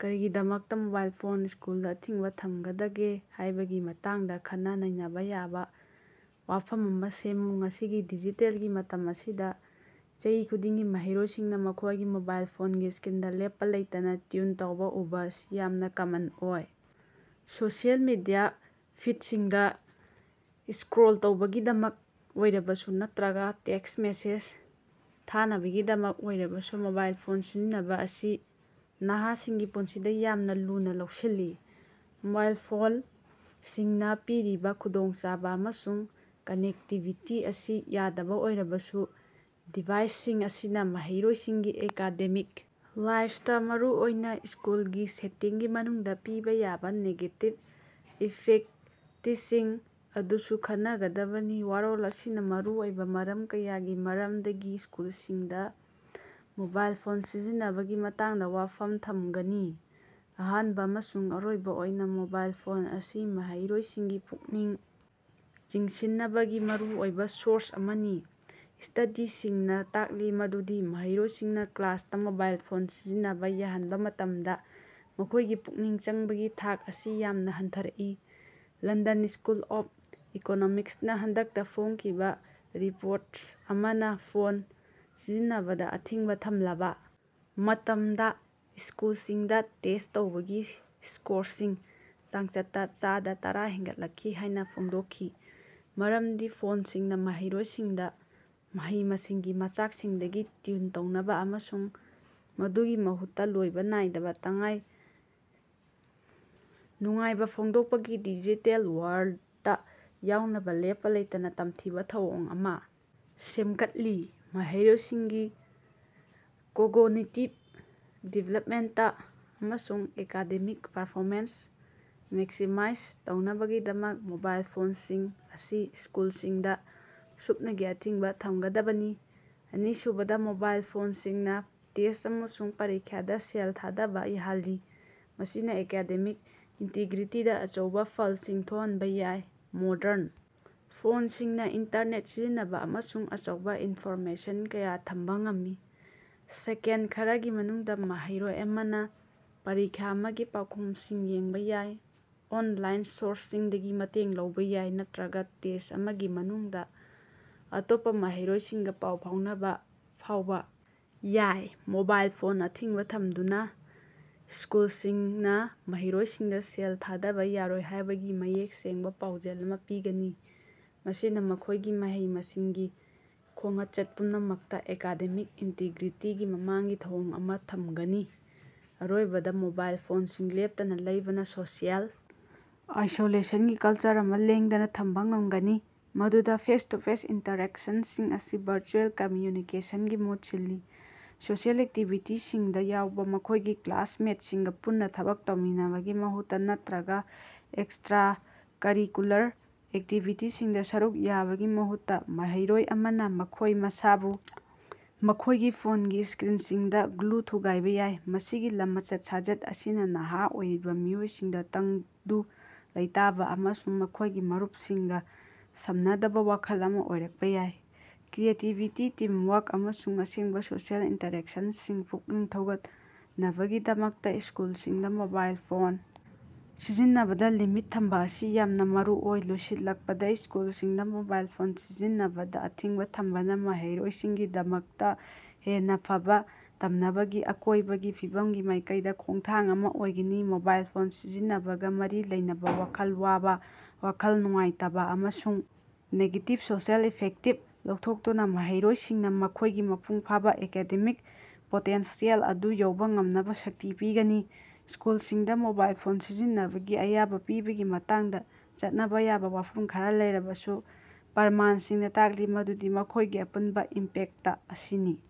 ꯀꯔꯤꯒꯤꯗꯃꯛꯇꯥ mobile phone ꯏꯁ꯭ꯀꯨꯜꯗꯥ ꯑꯊꯤꯡꯕꯥ ꯊꯝꯒꯗꯒꯦ ꯍꯥꯏꯕꯒꯤ ꯃꯇꯥꯡꯗ ꯈꯟꯅ-ꯅꯩꯅꯕꯥ ꯌꯥꯕ ꯋꯥꯐꯝ ꯑꯃ ꯁꯦꯝꯃꯨ꯫ ꯉꯁꯤꯒꯤ ꯗꯤꯖꯤꯇꯦꯜꯒꯤ ꯃꯇꯝ ꯑꯁꯤꯗ ꯆꯍꯤ ꯈꯨꯗꯤꯡꯒꯤ ꯃꯍꯩꯔꯣꯏꯁꯤꯡꯅ ꯃꯈꯣꯏꯒꯤ ꯃꯣꯕꯥꯏꯜ ꯐꯣꯟꯒꯤ ꯏꯁ꯭ꯀꯔꯤꯟꯗꯥ ꯂꯦꯞꯄꯥ ꯂꯩꯇꯅꯥ ꯇ꯭ꯌꯨꯟ ꯇꯧꯕꯥ ꯎꯕꯥ ꯑꯁꯤ ꯌꯥꯝꯅ ꯀꯃꯟ ꯑꯣꯏ꯫ ꯁꯣꯁꯤꯌꯦꯜ ꯃꯤꯗꯤꯌꯥ ꯐꯤꯗꯁꯤꯡꯗ ꯏꯁ꯭ꯀꯔꯣꯜ ꯇꯧꯕꯒꯤꯗꯃꯛ ꯑꯣꯏꯔꯕꯁꯨ ꯅꯠꯇ꯭ꯔꯒꯥ ꯇꯦꯛꯁ ꯃꯦꯁꯦꯖ ꯊꯥꯅꯕꯒꯤꯗꯃꯛ ꯑꯣꯏꯔꯕꯁꯨ ꯃꯣꯕꯥꯏꯜ ꯐꯣꯟ ꯁꯤꯖꯤꯟꯅꯕ ꯑꯁꯤ ꯅꯍꯥꯁꯤꯡꯒꯤ ꯄꯨꯟꯁꯤꯗ ꯌꯥꯝꯅ ꯂꯨꯅ ꯂꯧꯁꯤꯜꯂꯤ꯫ ꯃꯣꯕꯥꯏꯜ ꯐꯣꯟꯁꯤꯡꯅ ꯄꯤꯔꯤꯕ ꯈꯨꯗꯣꯡꯆꯥꯕꯥ ꯑꯃꯁꯨꯡ ꯀꯅꯦꯛꯇꯤꯕꯤꯇꯤ ꯑꯁꯤ ꯌꯥꯗꯕ ꯑꯣꯏꯔꯕꯁꯨ, ꯗꯤꯚꯥꯏꯁꯁꯤꯡ ꯑꯁꯤꯅ ꯃꯍꯩꯔꯣꯏꯁꯤꯡꯒꯤ ꯑꯦꯀꯥꯗꯦꯃꯤꯛ ꯂꯥꯏꯐꯇꯥ, ꯃꯔꯨꯑꯣꯏꯅ ꯏꯁ꯭ꯀꯨꯜꯒꯤ ꯁꯦꯇꯤꯡꯒꯤ ꯃꯅꯨꯡꯗ ꯄꯤꯕ ꯌꯥꯕ ꯅꯦꯒꯦꯇꯤꯚ ꯏꯐꯦꯛꯇꯁꯤꯡ ꯑꯗꯨꯁꯨ ꯈꯟꯒꯗꯕꯅꯤ꯫ ꯋꯥꯔꯣꯜ ꯑꯁꯤꯅ ꯃꯔꯨꯑꯣꯏꯕ ꯃꯔꯝ ꯀꯌꯥꯒꯤ ꯃꯔꯝꯗꯒꯤ ꯏꯁ꯭ꯀꯨꯜꯁꯤꯡꯗ ꯃꯣꯕꯥꯏꯜ ꯐꯣꯟ ꯁꯤꯖꯤꯟꯅꯕꯒꯤ ꯃꯇꯥꯡꯗ ꯋꯥꯐꯝ ꯊꯝꯒꯅꯤ꯫ ꯑꯍꯥꯟꯕ ꯑꯃꯁꯨꯡ ꯑꯔꯣꯏꯕ ꯑꯣꯏꯅ ꯃꯣꯕꯥꯏꯜ ꯐꯣꯟ ꯑꯁꯤ ꯃꯍꯩꯔꯣꯏꯁꯤꯡꯒꯤ ꯄꯨꯛꯅꯤꯡ ꯆꯤꯡꯁꯤꯟꯅꯕꯒꯤ ꯃꯔꯨꯑꯣꯏꯕ ꯁꯣꯔꯁ ꯑꯃꯅꯤ꯫ ꯏꯁ꯭ꯇꯗꯤꯁꯤꯡꯅ ꯇꯥꯛꯂꯤ ꯃꯗꯨꯗꯤ ꯃꯍꯩꯔꯣꯏꯁꯤꯡꯅ ꯀ꯭ꯂꯥꯁꯇꯥ ꯃꯣꯕꯥꯏꯜ ꯐꯣꯟ ꯁꯤꯖꯤꯟꯅꯕ ꯌꯥꯍꯟꯕ ꯃꯇꯝꯗ ꯃꯈꯣꯏꯒꯤ ꯄꯨꯛꯅꯤꯡ ꯆꯪꯕꯒꯤ ꯊꯥꯛ ꯑꯁꯤ ꯌꯥꯝꯅ ꯍꯟꯊꯔꯛꯏ꯫ ꯂꯟꯗꯟ ꯏꯁ꯭ꯀꯨꯜ ꯑꯣꯐ ꯏꯀꯣꯅꯣꯃꯤꯛꯁꯅ ꯍꯟꯗꯛꯇ ꯐꯣꯡꯈꯤꯕ ꯔꯤꯄꯣꯔꯠ ꯑꯃꯅ ꯐꯣꯟ ꯁꯤꯖꯤꯟꯅꯕꯗ ꯑꯊꯤꯡꯕ ꯊꯝꯂꯕ ꯃꯇꯝꯗ ꯏꯁ꯭ꯀꯨꯁꯤꯡꯗ ꯇꯦꯁ ꯇꯧꯕꯒꯤ ꯏꯁ꯭ꯀꯣꯔꯁꯤꯡ ꯆꯥꯡꯆꯠꯇꯥ ꯆꯥꯗ ꯇꯔꯥ ꯍꯦꯟꯒꯠꯂꯛꯈꯤ ꯍꯥꯏꯅ ꯐꯣꯡꯗꯣꯛꯈꯤ꯫ ꯃꯔꯝꯗꯤ ꯐꯣꯟꯁꯤꯡꯅ ꯃꯍꯩꯔꯣꯏꯁꯤꯡꯗ ꯃꯍꯩ-ꯃꯁꯤꯡꯒꯤ ꯃꯆꯥꯛꯁꯤꯡꯗꯒꯤ ꯇ꯭ꯌꯨꯟ ꯇꯧꯅꯕꯥ ꯑꯃꯁꯨꯡ ꯃꯗꯨꯒꯤ ꯃꯍꯨꯠꯇ ꯂꯣꯏꯕ ꯅꯥꯏꯗꯕ ꯅꯨꯡꯉꯥꯏꯕ ꯐꯣꯡꯗꯣꯛꯄꯒꯤ ꯗꯤꯖꯤꯇꯦꯜ ꯋꯥꯔꯜꯗꯇ ꯌꯥꯎꯅꯕ ꯂꯦꯞꯄꯥ ꯂꯩꯇꯅ ꯇꯝꯊꯤꯕ ꯊꯧꯑꯣꯡ ꯑꯃ ꯁꯦꯝꯒꯠꯂꯤ꯫ ꯃꯍꯩꯔꯣꯏꯁꯤꯡꯒꯤ ꯀꯣꯒꯅꯤꯇꯤꯕ ꯗꯤꯚꯦꯂꯞꯃꯦꯟꯇꯥ ꯑꯃꯁꯨꯡ ꯑꯦꯀꯥꯗꯦꯃꯤꯛ ꯄꯔꯐꯣꯃꯦꯟꯁ ꯃꯦꯛꯁꯤꯃꯥꯏꯖ ꯇꯧꯅꯕꯒꯤꯗꯃꯛ, ꯃꯣꯕꯥꯏꯜ ꯐꯣꯟꯁꯤꯡ ꯑꯁꯤ ꯏꯁ꯭ꯀꯨꯜꯁꯤꯡꯗ ꯁꯨꯞꯅꯒꯤ ꯑꯊꯤꯡꯕ ꯊꯝꯒꯗꯕꯅꯤ꯫ ꯑꯅꯤꯁꯨꯕꯗ, ꯃꯣꯕꯥꯏꯜ ꯐꯣꯟꯁꯤꯡꯅ ꯇꯦꯁ ꯑꯃꯁꯨꯡ ꯄꯔꯤꯈꯥꯗ ꯁꯦꯜ ꯊꯥꯗꯕ ꯌꯥꯍꯜꯂꯤ, ꯃꯁꯤꯅ ꯑꯦꯀꯥꯗꯦꯃꯤꯛ ꯏꯟꯇꯤꯒ꯭ꯔꯤꯇꯤꯗ ꯑꯆꯧꯕ ꯐꯜꯁꯤꯡ ꯊꯣꯛꯍꯟꯕ ꯌꯥꯏ꯫ ꯃꯣꯗꯔꯟ ꯐꯣꯟꯁꯤꯡꯅ ꯏꯟꯇꯔꯅꯦꯠ ꯁꯤꯖꯤꯟꯅꯕ ꯑꯃꯁꯨꯡ ꯑꯆꯧꯕ ꯏꯅꯐꯣꯔꯃꯦꯁꯟ ꯀꯌꯥ ꯊꯝꯕ ꯉꯝꯃꯤ꯫ ꯁꯦꯀꯦꯟꯗ ꯈꯔꯒꯤ ꯃꯅꯨꯡꯗ ꯃꯍꯩꯔꯣꯏ ꯑꯃꯅ ꯄꯔꯤꯈꯥ ꯑꯃꯒꯤ ꯄꯥꯎꯈꯨꯝꯁꯤꯡ ꯌꯦꯡꯕ ꯌꯥꯏ, ꯑꯣꯟꯂꯥꯏꯟ ꯁꯣꯔꯁꯁꯤꯡꯗꯒꯤ ꯃꯇꯦꯡ ꯂꯧꯕ ꯌꯥꯏ ꯅꯠꯇ꯭ꯔꯒꯥ ꯇꯦꯁ ꯑꯃꯒꯤ ꯃꯅꯨꯡꯗ ꯑꯇꯣꯞꯄꯥ ꯃꯍꯩꯔꯣꯏꯁꯤꯡꯒ ꯄꯥꯎ ꯐꯥꯎꯅꯕ ꯐꯥꯎꯕ ꯌꯥꯏ꯫ ꯃꯣꯕꯥꯏꯜ ꯐꯣꯟ ꯑꯊꯤꯡꯕ ꯊꯝꯗꯨꯅ ꯏꯁ꯭ꯀꯨꯜꯁꯤꯡꯅ ꯃꯍꯩꯔꯣꯏꯁꯤꯡꯗ ꯁꯦꯜ ꯊꯥꯗꯕ ꯌꯥꯔꯣꯏ ꯍꯥꯏꯕꯒꯤ ꯃꯌꯦꯛ ꯁꯦꯡꯕꯥ ꯄꯥꯎꯖꯦꯜ ꯑꯃꯥ ꯄꯤꯒꯅꯤ, ꯃꯁꯤꯅ ꯃꯈꯣꯏꯒꯤ ꯃꯍꯩ-ꯃꯁꯤꯡꯒꯤ ꯈꯣꯉꯆꯠ ꯄꯨꯝꯅꯃꯛꯇꯥ ꯑꯦꯀꯥꯗꯦꯃꯤꯛ ꯏꯟꯇꯤꯒ꯭ꯔꯤꯇꯤꯒꯤ ꯃꯃꯥꯡꯒꯤ ꯊꯧꯑꯣꯡ ꯑꯃ ꯊꯝꯒꯅꯤ꯫ ꯑꯔꯣꯏꯕꯗ, ꯃꯣꯕꯥꯏꯜ ꯐꯣꯟꯁꯤꯡ ꯂꯦꯞꯇꯅꯥ ꯂꯩꯕꯅ ꯁꯣꯁꯤꯑꯦꯜ ꯑꯥꯏꯁꯣꯂꯦꯁꯟꯒꯤ ꯀꯜꯆꯔ ꯑꯃ ꯂꯦꯡꯗꯅ ꯊꯝꯕ ꯉꯝꯒꯅꯤ ꯃꯗꯨꯗ ꯐꯦꯁ-ꯇꯨ-ꯐꯦꯁ ꯏꯟꯇꯔꯦꯛꯁꯟꯁꯤꯡ ꯑꯁꯤ ꯚꯔꯆꯨꯑꯦꯜ ꯀꯝꯃꯌꯨꯅꯤꯀꯦꯁꯟꯒꯤ ꯃꯍꯨꯠ ꯁꯤꯜꯂꯤ꯫ ꯁꯣꯁꯤꯑꯦꯜ ꯑꯦꯛꯇꯤꯚꯤꯇꯤꯁꯤꯡꯗ ꯌꯥꯎꯕ, ꯃꯈꯣꯏꯒꯤ ꯀ꯭ꯂꯥꯁꯃꯦꯇꯁꯤꯡꯒ ꯄꯨꯟꯅ ꯊꯕꯛ ꯇꯧꯃꯤꯟꯅꯕꯒꯤ ꯃꯍꯨꯠꯇꯥ ꯅꯠꯇ꯭ꯔꯒ ꯑꯦꯛꯁꯇꯔꯥꯀꯔꯤꯀꯨꯂꯔ ꯑꯦꯛꯇꯤꯚꯤꯇꯤꯁꯤꯡꯗ ꯁꯔꯨꯛ ꯌꯥꯕꯒꯤ ꯃꯍꯨꯠꯇ, ꯃꯍꯩꯔꯣꯏ ꯑꯃꯅ ꯃꯈꯣꯏ ꯃꯁꯥꯕꯨ ꯃꯈꯣꯏꯒꯤ ꯐꯣꯟꯒꯤ ꯏꯁ꯭ꯀꯔꯤꯟꯁꯤꯡꯗ ꯒ꯭ꯂꯨ ꯊꯨꯒꯥꯏꯕ ꯌꯥꯏ꯫ ꯃꯁꯤꯒꯤ ꯂꯃꯆꯠ-ꯁꯥꯖꯠ ꯑꯁꯤꯅ ꯅꯍꯥ ꯑꯣꯏꯔꯤꯕ ꯃꯤꯑꯣꯏꯁꯤꯡꯗ ꯇꯪꯗꯨ ꯂꯩꯇꯥꯕ ꯑꯃꯁꯨꯡ ꯃꯈꯣꯏꯒꯤ ꯃꯔꯨꯄꯁꯤꯡꯒ ꯁꯝꯅꯗꯕ ꯋꯥꯈꯜ ꯑꯃꯥ ꯑꯣꯏꯔꯛꯄꯥ ꯌꯥꯏ꯫ ꯀ꯭ꯔꯤꯌꯦꯇꯤꯕꯤꯇꯤ, ꯇꯤꯝꯋꯥꯔꯛ ꯑꯃꯁꯨꯡ ꯑꯁꯦꯡꯕ ꯁꯣꯁꯤꯑꯦꯜ ꯏꯟꯇꯔꯦꯛꯁꯟꯁꯤꯡ ꯄꯨꯛꯅꯤꯡ ꯊꯧꯒꯠꯅꯕꯒꯤꯗꯃꯛꯇꯥ ꯏꯁ꯭ꯀꯨꯜꯁꯤꯡꯗ ꯃꯣꯕꯥꯏꯜ ꯐꯣꯟ ꯁꯤꯖꯤꯟꯅꯕꯗ ꯂꯤꯃꯤꯠ ꯊꯝꯕ ꯑꯁꯤ ꯌꯥꯝꯅ ꯃꯔꯨꯑꯣꯏ꯫ ꯂꯣꯏꯁꯤꯜꯂꯛꯄꯗ, ꯏꯁ꯭ꯀꯨꯜꯁꯤꯡꯗ ꯃꯣꯕꯥꯏꯜ ꯐꯣꯟ ꯁꯤꯖꯤꯟꯅꯕꯗ ꯑꯊꯤꯡꯕ ꯊꯝꯕꯅ ꯃꯍꯩꯔꯣꯏꯁꯤꯡꯒꯤꯗꯃꯛꯇꯥ ꯍꯦꯟꯅ ꯐꯕ ꯇꯝꯅꯕꯒꯤ ꯑꯀꯣꯏꯕꯒꯤ ꯐꯤꯕꯝꯒꯤ ꯃꯥꯏꯀꯩꯗ ꯈꯣꯡꯊꯥꯡ ꯑꯃ ꯑꯣꯏꯒꯅꯤ꯫ ꯃꯣꯕꯥꯏꯜ ꯐꯣꯟ ꯁꯤꯖꯤꯟꯅꯕꯒ ꯃꯔꯤ ꯂꯩꯅꯕ ꯋꯥꯈꯜ ꯋꯥꯕ, ꯋꯥꯈꯜ ꯅꯨꯡꯉꯥꯏꯇꯕ ꯑꯃꯁꯨꯡ ꯅꯦꯒꯦꯇꯤꯕ ꯁꯣꯁꯤꯑꯦꯜ ꯏꯐꯦꯛꯇꯁꯤꯡ ꯂꯧꯊꯣꯛꯇꯨꯅ ꯃꯍꯩꯔꯣꯏꯁꯤꯡꯅ ꯃꯈꯣꯏꯒꯤ ꯃꯄꯨꯡ ꯐꯥꯕ ꯑꯦꯀꯥꯗꯦꯃꯤꯛ ꯄꯣꯇꯦꯟꯁꯤꯌꯦꯜ ꯑꯗꯨ ꯌꯧꯕ ꯉꯝꯅꯕ ꯁꯛꯇꯤ ꯄꯤꯒꯅꯤ꯫ ꯏꯁ꯭ꯀꯨꯜꯁꯤꯡꯗ ꯃꯣꯕꯥꯏꯜ ꯐꯣꯟ ꯁꯤꯖꯤꯟꯅꯕꯒꯤ ꯑꯌꯥꯕ ꯄꯤꯕꯒꯤ ꯃꯇꯥꯡꯗ ꯆꯠꯅꯕ ꯌꯥꯕ ꯋꯥꯐꯝ ꯈꯔꯥ ꯂꯩꯔꯕꯁꯨ, ꯄ꯭ꯔꯃꯥꯟꯁꯤꯡꯅ ꯇꯥꯛꯂꯤ ꯃꯗꯨꯗꯤ ꯃꯈꯣꯏꯒꯤ ꯑꯄꯨꯟꯕ ꯏꯝꯄꯦꯛꯇ ꯑꯁꯤꯅꯤ꯫